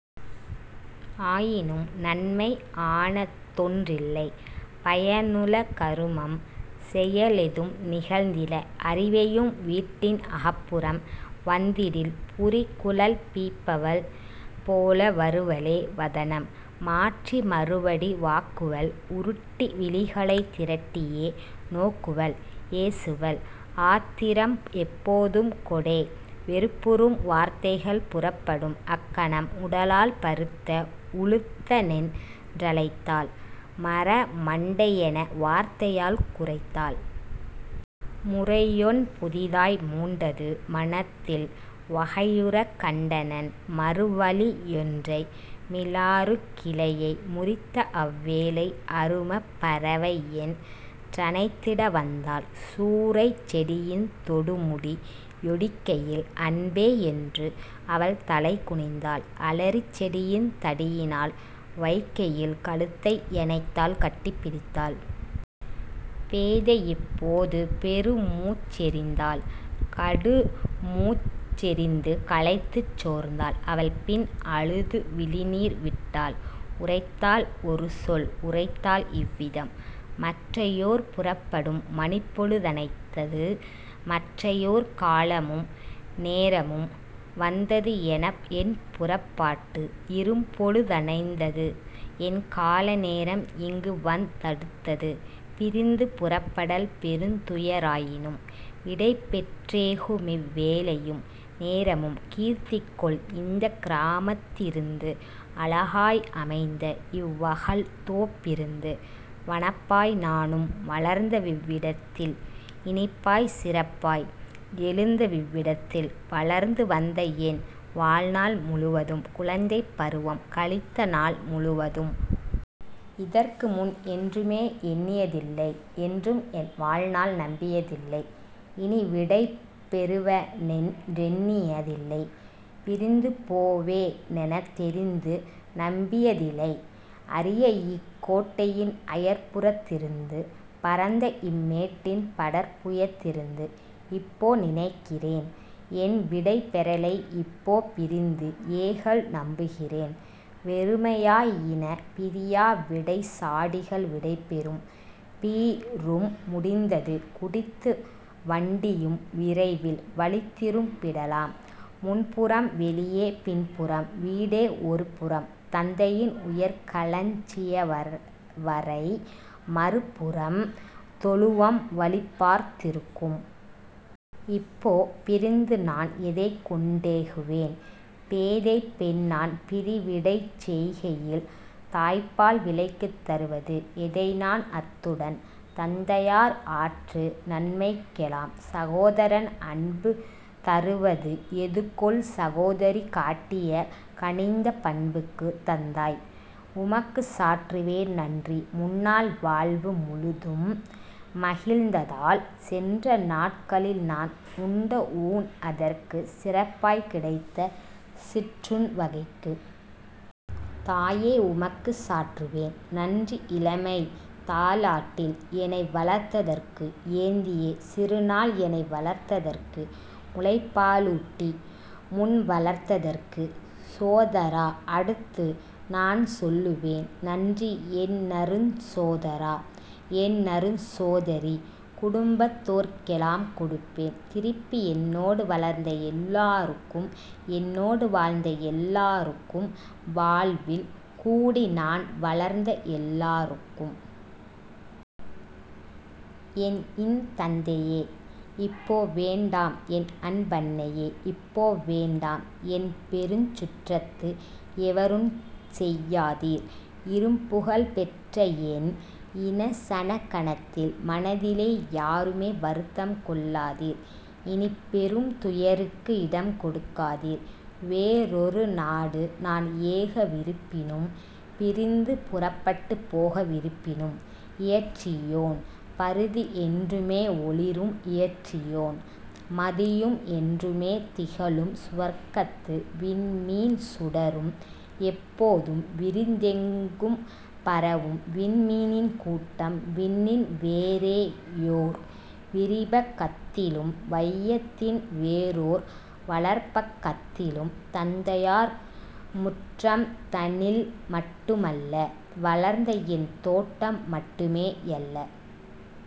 ஆயினும் நன்மை ஆனதொன் றில்லை। பயனுள கருமம் செயலெதும் நிகழ்ந்தில; அரிவையும் வீட்டின் அகப்புறம் வந்திடில் புரிகுழல் பிய்ப்பவள் போல வருவளே வதனம் மாற்றி மறுவடி வாக்குவள் உருட்டி விழிகளைத் திரட்டியே நோக்குவள் ஏசுவள் ஆத்திரம் எப்போதும் கொடே வெறுப்புறும் வார்த்தைகள் புறப்படும் அக்கணம் உடலால் பருத்த உலுத்தனென் றழைத்தாள் மரமண் டையென வார்த்தையால் குரைத்தாள். முறையொன் புதிதாய் மூண்டது மனத்தில் வகையுறக் கண்டனன் மறுவழி யொன்றை: மிலாறுக் கிளையை முறித்தஅவ் வேளை அருமப் பறவையென் றணைத்திட வந்தாள்; சூரைச் செடியின் தொடுமுடி யொடிக்கையில் அன்பே யென்று அவள்தலை குனிந்தாள்; அலரிச் செடியின் தடியினால் வைக்கையில் கழுத்தை யணைத்தாள் கட்டி பிடித்தாள். " பேதையிப் போது பெருமூச்செறிந்தாள் கடுமூச் செறிந்து களைத்துச் சோர்ந்தாள் அவள்பின் அழுது விழிநீர் விட்டாள் உரைத்தாள் ஒருசொல் உரைத்தாள் இவ்விதம்: "மற்றயோர் புறப்படும் மணிப்பொழு தணைந்தது மற்றயோர் காலமும் நேரமும் வந்தது என்புறப் பாட்டு இரும்பொழு தணைந்தது என்கால நேரம் இங்குவந் தடுத்தது பிரிந்து புறப்படல் பெருந்துய ராயினும் விடைபெற் றேகுமிவ் வேளையும் நேரமும் கீர்த்திகொள் இந்தக் கிராமத் திருந்து அழகாய் அமைந்தஇவ் வகல்தோப் பிருந்து வனப்பாய் நானும் வளர்ந்தவிவ் விடத்தில் இனிப்பாய்ச் சிறப்பாய் எழுந்தவிவ் விடத்தில் வளர்ந்து வந்தஎன் வாழ்நாள் முழுவதும் குழந்தைப் பருவம் கழித்தநாள் முழுவதும். இதற்குமுன் என்றுமே எண்ணிய தில்லை என்றும்என் வாழ்நாள் நம்பிய தில்லை இனிவிடை பெறுவனென் றெண்ணிய தில்லை பிரிந்துபோ வேனெனத் தெரிந்துநம் பியதிலை அரியஇக் கோட்டையின் அயற்புறத் திருந்து பரந்த இம்மேட்டின் படர்புயத் திருந்து; இப்போ நினைக்கிறேன் என்விடை பெறலை இப்போ பிரிந்து ஏகல்நம் புகிறேன் வெறுமையா யினபிரி யாவிடைச் சாடிகள் விடைபெறும் 'பீரு'ம் முடிந்தது குடித்து வண்டியும் விரைவில் வழிதிரும் பிடலாம் முன்புறம், வெளியே பின்புறம் வீட்டே ஒருபுறம் தந்தையின் உயர்களஞ் சியவறை மறுபுறம் தொழுவம் வழிபார்த் திருக்கும். இப்போ பிரிந்துநான் எதைக்கொண் டேகுவேன் பேதைப் பெண்நான் பிரிவிடைச் செல்கையில் தாய்ப்பால் விலைக்குத் தருவது எதைநான் அத்துடன் தந்தையார் ஆற்றுநன் மைக்கெலாம் சகோதரன் அன்புக் தருவது எதுகொல் சகோதரி காட்டிய கனிந்த பண்புக்கு? தந்தாய், உமக்குச் சாற்றுவேன் நன்றி முன்னாள் வாழ்வு முழுதும் மகிழ்ந்ததால் சென்றநாட் களில்நான் உண்டஊண் அதற்கு சிறப்பாய்க் கிடைத்த சிற்றுண் வகைக்கு. தாயே, உமக்குச் சாற்றுவேன் நன்றி இளமைதா லாட்டில் எனைவளர்த் ததற்கு ஏந்தியே சிறுநாள் எனைவளர்த் ததற்கு முலைப்பா லுட்டி முன்வளர்த் ததற்கு. சோதரா, அடுத்துநான் சொல்லுவேன் நன்றி என்னருஞ் சோதரா, என்னருஞ் சோதரி, குடும்பத் தோர்க்கெலாம் கொடுப்பேன் திருப்பி என்னோடு வளர்ந்த எல்லா ருக்கும் என்னோடு வாழ்ந்த எல்லா ருக்கும் வாழ்வில் கூடிநான் வளர்ந்தஎல் லார்க்கும். என்இன் தந்தையே இப்போ வேண்டாம் என்அன் பன்னையே இப்போ வேண்டாம் என்பெருஞ் சுற்றத்து எவருஞ்செய் யாதீர் இரும்புகழ் பெற்றஎன் இனசனக் கணத்தில் மனதிலே யாருமே வருத்தம் கொள்ளாதீர் இனிப்பெரும் துயருக்கு இடம்கொடுக் காதீர் வேறொரு நாடுநான் ஏகவிருப் பினும் பிரிந்து புறப்பட்டுப் போக விருப்பினும்! இயற்றியோன் பருதி என்றுமே ஒளிரும் இயற்றியோன் மதியும் என்றுமே திகழும் சுவர்க்கத்து விண்மீன் சுடரும்எப் போதும் விரிந்தெங்கும் பரவும் விண்மீனின் கூட்டம் விண்ணின்வே றேயோர் விரிபக் கத்திலும் வையத்தின் வேறோர் வளர்பக் கத்திலும் தந்தையார் முற்றம் தனில் மட்டுமல்ல வளர்ந்தஎன் தோட்டம் மட்டுமே யல்ல.